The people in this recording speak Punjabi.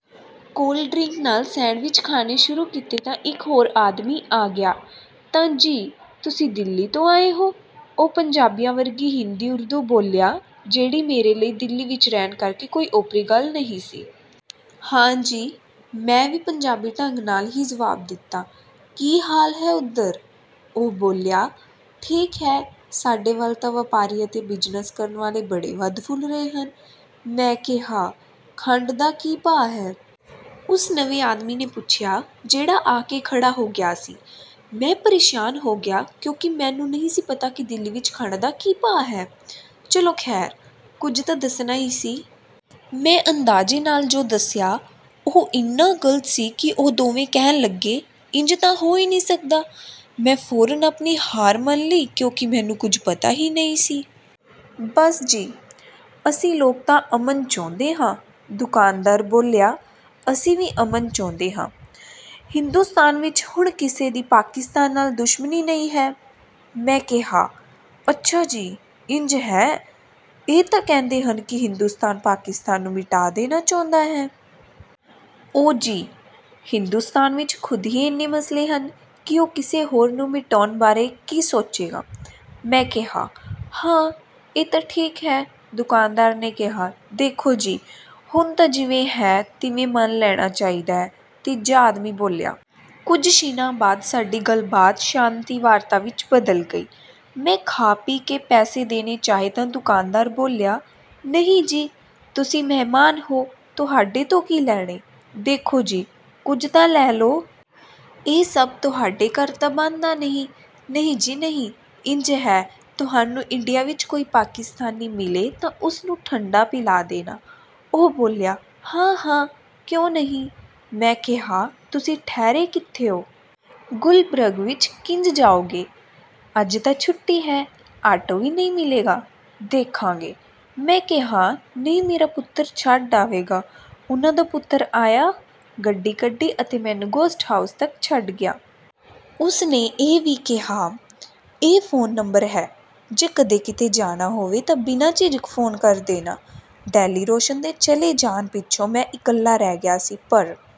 ਕੋਲਡ ਡ੍ਰਿੰਕ ਨਾਲ ਸੈਂਡਵਿਚ ਖਾਣੇ ਸ਼ੁਰੂ ਕੀਤੇ ਤਾਂ ਇੱਕ ਹੋਰ ਆਦਮੀ ਆ ਗਿਆ। "ਤਾਂ ਜੀ, ਤੁਸੀਂ ਦਿੱਲੀ ਤੋਂ ਆਏ ਹੋ?" ਉਹ ਪੰਜਾਬੀਆਂ ਵਰਗੀ ਹਿੰਦੀ-ਉਰਦੂ ਬੋਲਿਆ, ਜਿਹੜੀ ਮੇਰੇ ਲਈ ਦਿੱਲੀ ਵਿੱਚ ਰਹਿਣ ਕਰਕੇ ਕੋਈ ਓਪਰੀ ਗੱਲ ਨਹੀਂ ਸੀ। "ਹਾਂ ਜੀ," ਮੈਂ ਵੀ ਪੰਜਾਬੀ ਢੰਗ ਨਾਲ ਹੀ ਜਵਾਬ ਦਿੱਤਾ। "ਕੀ ਹਾਲ ਹੈ ਉੱਧਰ?" ਉਹ ਬੋਲਿਆ। "ਠੀਕ ਹੈ... ਸਾਡੇ ਵੱਲ ਤਾਂ ਵਪਾਰੀ ਅਤੇ ਬਿਜ਼ਨਸ ਕਰਨ ਵਾਲੇ ਬੜੇ ਵਧ-ਫੁੱਲ ਰਹੇ ਹਨ," ਮੈਂ ਕਿਹਾ। "ਖੰਡ ਦਾ ਕੀ ਭਾਅ ਹੈ?" ਉਸ ਨਵੇਂ ਆਦਮੀ ਨੇ ਪੁੱਛਿਆ ਜਿਹੜਾ ਆ ਕੇ ਖੜ੍ਹਾ ਹੋ ਗਿਆ ਸੀ। ਮੈਂ ਪਰੇਸ਼ਾਨ ਹੋ ਗਿਆ ਕਿਉਂਕਿ ਮੈਨੂੰ ਨਹੀਂ ਸੀ ਪਤਾ ਕਿ ਦਿੱਲੀ ਵਿੱਚ ਖੰਡ ਦਾ ਕੀ ਭਾਅ ਹੈ। ਚਲੋ ਖ਼ੈਰ, ਕੁਝ ਤਾਂ ਦੱਸਣਾ ਹੀ ਸੀ। ਮੈਂ ਅੰਦਾਜ਼ੇ ਨਾਲ ਜੋ ਦੱਸਿਆ, ਉਹ ਇੰਨਾ ਗ਼ਲਤ ਸੀ ਕਿ ਉਹ ਦੋਵੇਂ ਕਹਿਣ ਲੱਗੇ, "ਇੰਜ ਤਾਂ ਹੋ ਹੀ ਨਹੀਂ ਸਕਦਾ।" ਮੈਂ ਫ਼ੌਰਨ ਆਪਣੀ ਹਾਰ ਮੰਨ ਲਈ ਕਿਉਂਕਿ ਮੈਨੂੰ ਕੁਝ ਪਤਾ ਹੀ ਨਹੀਂ ਸੀ। "ਬੱਸ ਜੀ, ਅਸੀਂ ਲੋਕ ਤਾਂ ਅਮਨ ਚਾਹੁੰਦੇ ਹਾਂ," ਦੁਕਾਨਦਾਰ ਬੋਲਿਆ। "ਅਸੀਂ ਵੀ ਅਮਨ ਚਾਹੁੰਦੇ ਹਾਂ... ਹਿੰਦੁਸਤਾਨ ਵਿੱਚ ਹੁਣ ਕਿਸੇ ਦੀ ਪਾਕਿਸਤਾਨ ਨਾਲ ਦੁਸ਼ਮਣੀ ਨਹੀਂ ਹੈ," ਮੈਂ ਕਿਹਾ। "ਅੱਛਾ ਜੀ... ਇੰਜ ਹੈ? ਇਹ ਤਾਂ ਕਹਿੰਦੇ ਹਨ ਕਿ ਹਿੰਦੁਸਤਾਨ ਪਾਕਿਸਤਾਨ ਨੂੰ ਮਿਟਾ ਦੇਣਾ ਚਾਹੁੰਦਾ ਹੈ।" "ਓ ਜੀ, ਹਿੰਦੁਸਤਾਨ ਵਿੱਚ ਖ਼ੁਦ ਹੀ ਇੰਨੇ ਮਸਲੇ ਹਨ ਕਿ ਉਹ ਕਿਸੇ ਹੋਰ ਨੂੰ ਮਿਟਾਉਣ ਬਾਰੇ ਕੀ ਸੋਚੇਗਾ!" ਮੈਂ ਕਿਹਾ। "ਹਾਂ, ਇਹ ਤਾਂ ਠੀਕ ਹੈ," ਦੁਕਾਨਦਾਰ ਨੇ ਕਿਹਾ। "ਦੇਖੋ ਜੀ, ਹੁਣ ਤਾਂ ਜਿਵੇਂ ਹੈ, ਤਿਵੇਂ ਮੰਨ ਲੈਣਾ ਚਾਹੀਦਾ ਹੈ," ਤੀਜਾ ਆਦਮੀ ਬੋਲਿਆ। ਕੁਝ ਛਿਣਾਂ ਬਾਅਦ ਸਾਡੀ ਗੱਲਬਾਤ ਸ਼ਾਂਤੀ-ਵਾਰਤਾ ਵਿੱਚ ਬਦਲ ਗਈ। ਮੈਂ ਖਾ-ਪੀ ਕੇ ਪੈਸੇ ਦੇਣੇ ਚਾਹੇ ਤਾਂ ਦੁਕਾਨਦਾਰ ਬੋਲਿਆ, "ਨਹੀਂ ਜੀ, ਤੁਸੀਂ ਮਹਿਮਾਨ ਹੋ... ਤੁਹਾਡੇ ਤੋਂ ਕੀ ਲੈਣੇ!" "ਦੇਖੋ ਜੀ, ਕੁਝ ਤਾਂ ਲੈ ਲਓ। ਇਹ ਸਭ ਤੁਹਾਡੇ ਘਰ ਤਾਂ ਬਣਦਾ ਨਹੀਂ।" "ਨਹੀਂ ਜੀ ਨਹੀਂ... ਇੰਜ ਹੈ, ਤੁਹਾਨੂੰ ਇੰਡੀਆ ਵਿੱਚ ਕੋਈ ਪਾਕਿਸਤਾਨੀ ਮਿਲੇ ਤਾਂ ਉਸ ਨੂੰ 'ਠੰਢਾ' ਪਿਲਾ ਦੇਣਾ," ਉਹ ਬੋਲਿਆ। "ਹਾਂ-ਹਾਂ, ਕਿਉਂ ਨਹੀਂ!" ਮੈਂ ਕਿਹਾ। "ਤੁਸੀਂ ਠਹਿਰੇ ਕਿੱਥੇ ਹੋ?" "ਗੁਲਬਰਗ ਵਿੱਚ..." "ਕਿੰਜ ਜਾਓਗੇ? ਅੱਜ ਤਾਂ ਛੁੱਟੀ ਹੈ, ਆਟੋ ਵੀ ਨਹੀਂ ਮਿਲੇਗਾ।" "ਦੇਖਾਂਗੇ," ਮੈਂ ਕਿਹਾ। "ਨਹੀਂ... ਮੇਰਾ ਪੁੱਤਰ ਛੱਡ ਆਵੇਗਾ।" ਉਹਨਾਂ ਦਾ ਪੁੱਤਰ ਆਇਆ, ਗੱਡੀ ਕੱਢੀ ਅਤੇ ਮੈਨੂੰ ਗੈਸਟ ਹਾਊਸ ਤੱਕ ਛੱਡ ਗਿਆ। ਉਸ ਨੇ ਇਹ ਵੀ ਕਿਹਾ, "ਇਹ ਫ਼ੋਨ ਨੰਬਰ ਹੈ, ਜੇ ਕਦੇ ਕਿਤੇ ਜਾਣਾ ਹੋਵੇ ਤਾਂ ਬਿਨਾਂ ਝਿਜਕ ਫ਼ੋਨ ਕਰ ਦੇਣਾ।" ਡੈਲੀਗੇਸ਼ਨ ਦੇ ਚਲੇ ਜਾਣ ਪਿੱਛੋਂ ਮੈਂ ਇਕੱਲਾ ਰਹਿ ਗਿਆ ਸੀ, ਪਰ